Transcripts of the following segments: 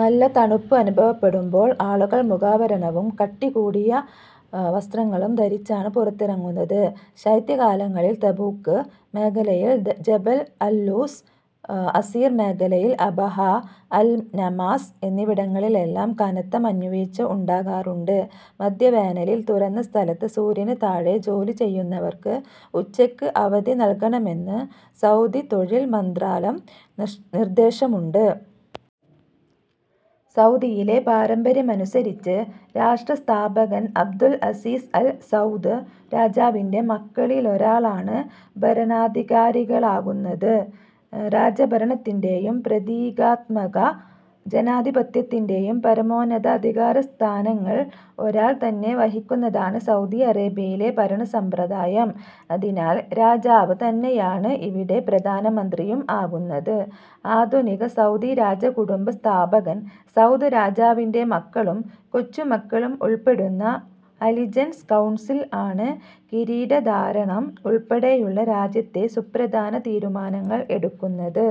നല്ല തണുപ്പ് അനുഭവപ്പെടുമ്പോൾ ആളുകൾ മുഖാവരണവും കട്ടി കൂടിയ വസ്ത്രങ്ങളും ധരിച്ചാണ് പുറത്തിറങ്ങുന്നത്. ശൈത്യ കാലങ്ങളിൽ തബൂക്ക് മേഖലയിൽ ജബൽ അൽലൂസ്, അസീർ മേഖലയിൽ അബഹ, അൽ നമാസ് എന്നിവിടങ്ങളിലെല്ലാം കനത്ത മഞ്ഞുവീഴ്ച ഉണ്ടാകാറുണ്ട്. മധ്യവേനലിൽ തുറന്ന സ്ഥലത്ത് സൂര്യന് താഴെ ജോലി ചെയ്യുന്നവർക്ക് ഉച്ചക്ക് അവധി നൽകണമെന്ന് സൗദി തൊഴിൽ മന്ത്രാലം നിർദ്ദേശമുണ്ട്. സൗദിയിലെ പാരമ്പര്യമനുസരിച്ച്, രാഷ്ട്ര സ്ഥാപകൻ അബ്ദുൽ അസീസ് അൽ സൗദ് രാജാവിന്റെ മക്കളിലൊരാളാണ് ഭരണാധികാരികളാകുന്നത്. രാജഭരണത്തിന്റേയും പ്രതീകാത്മക ജനാധിപത്യത്തിന്റേയും പരമോന്നത അധികാരസ്ഥാനങ്ങൾ ഒരാൾ തന്നെ വഹിക്കുന്നതാണ് സൗദി അറേബ്യയിലെ ഭരണസമ്പ്രദായം. അതിനാൽ രാജാവ് തന്നെയാണ് ഇവിടെ പ്രധാനമന്ത്രിയും ആകുന്നത്. ആധുനിക സൗദി രാജകുടുംബ സ്ഥാപകൻ സൗദ് രാജാവിന്റെ മക്കളും കൊച്ചുമക്കളും ഉൾപ്പെടുന്ന അലിജൻസ് കൗൺസിൽ ആണ് കിരീടധാരണം ഉൾപ്പെടെയുള്ള രാജ്യത്തെ സുപ്രധാന തീരുമാനങ്ങൾ എടുക്കുന്നത്.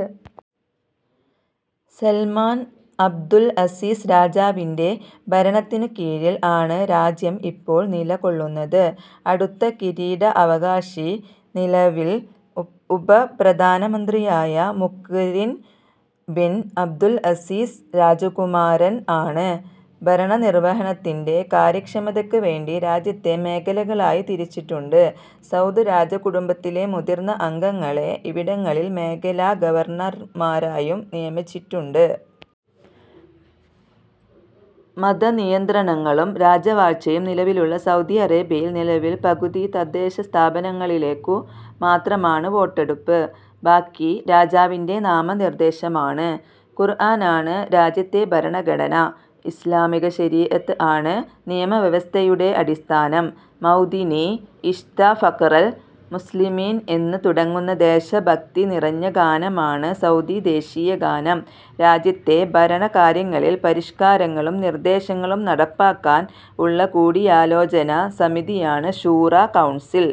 സല്മാൻ അബ്ദുൾ അസീസ് രാജാവിന്റെ ഭരണത്തിനു കീഴിൽ ആണ് രാജ്യം ഇപ്പോൾ നില കൊള്ളുന്നത്. അടുത്ത കിരീട അവകാശി നിലവിൽ ഉപപ്രധാനമന്ത്രിയായ മുഖ്-രിൻ ബിൻ അബ്ദുൽ അസീസ് രാജകുമാരൻ ആണ്. ഭരണനിർവഹണത്തിന്റെ കാര്യക്ഷമതക്ക് വേണ്ടി രാജ്യത്തെ മേഖലകളായി തിരിച്ചിട്ടുണ്ട്. സൗദ് രാജകുടുംബത്തിലെ മുതിർന്ന അംഗങ്ങളെ ഇവിടങ്ങളിൽ മേഖലാ ഗവർണർമാരായും നിയമിച്ചിട്ടുണ്ട്. മതനിയന്ത്രണങ്ങളും രാജവാഴ്ചയും നിലവിലുള്ള സൗദി അറേബ്യയിൽ നിലവിൽ പകുതി തദ്ദേശസ്ഥാപനങ്ങളിലേക്കു മാത്രമാണ് വോട്ടെടുപ്പ്. ബാക്കി രാജാവിന്റെ നാമനിർദ്ദേശമാണ്. ഖുർആനാണ് രാജ്യത്തെ ഭരണഘടന. ഇസ്ലാമിക ശരിഅത്ത് ആണ് നിയമവ്യവസ്ഥയുടെ അടിസ്ഥാനം. മൗതിനീ, ഇശ്ത ഫഖ്റൽ മുസ്ലിമീൻ എന്ന് തുടങ്ങുന്ന ദേശഭക്തി നിറഞ്ഞ ഗാനമാണ് സൗദി ദേശീയഗാനം. രാജ്യത്തെ ഭരണ കാര്യങ്ങളിൽ പരിഷ്കാരങ്ങളും നിർദ്ദേശങ്ങളും നടപ്പാക്കാൻ ഉള്ള കൂടിയാലോചനാ സമിതിയാണ് ശൂറ കൗൺസിൽ.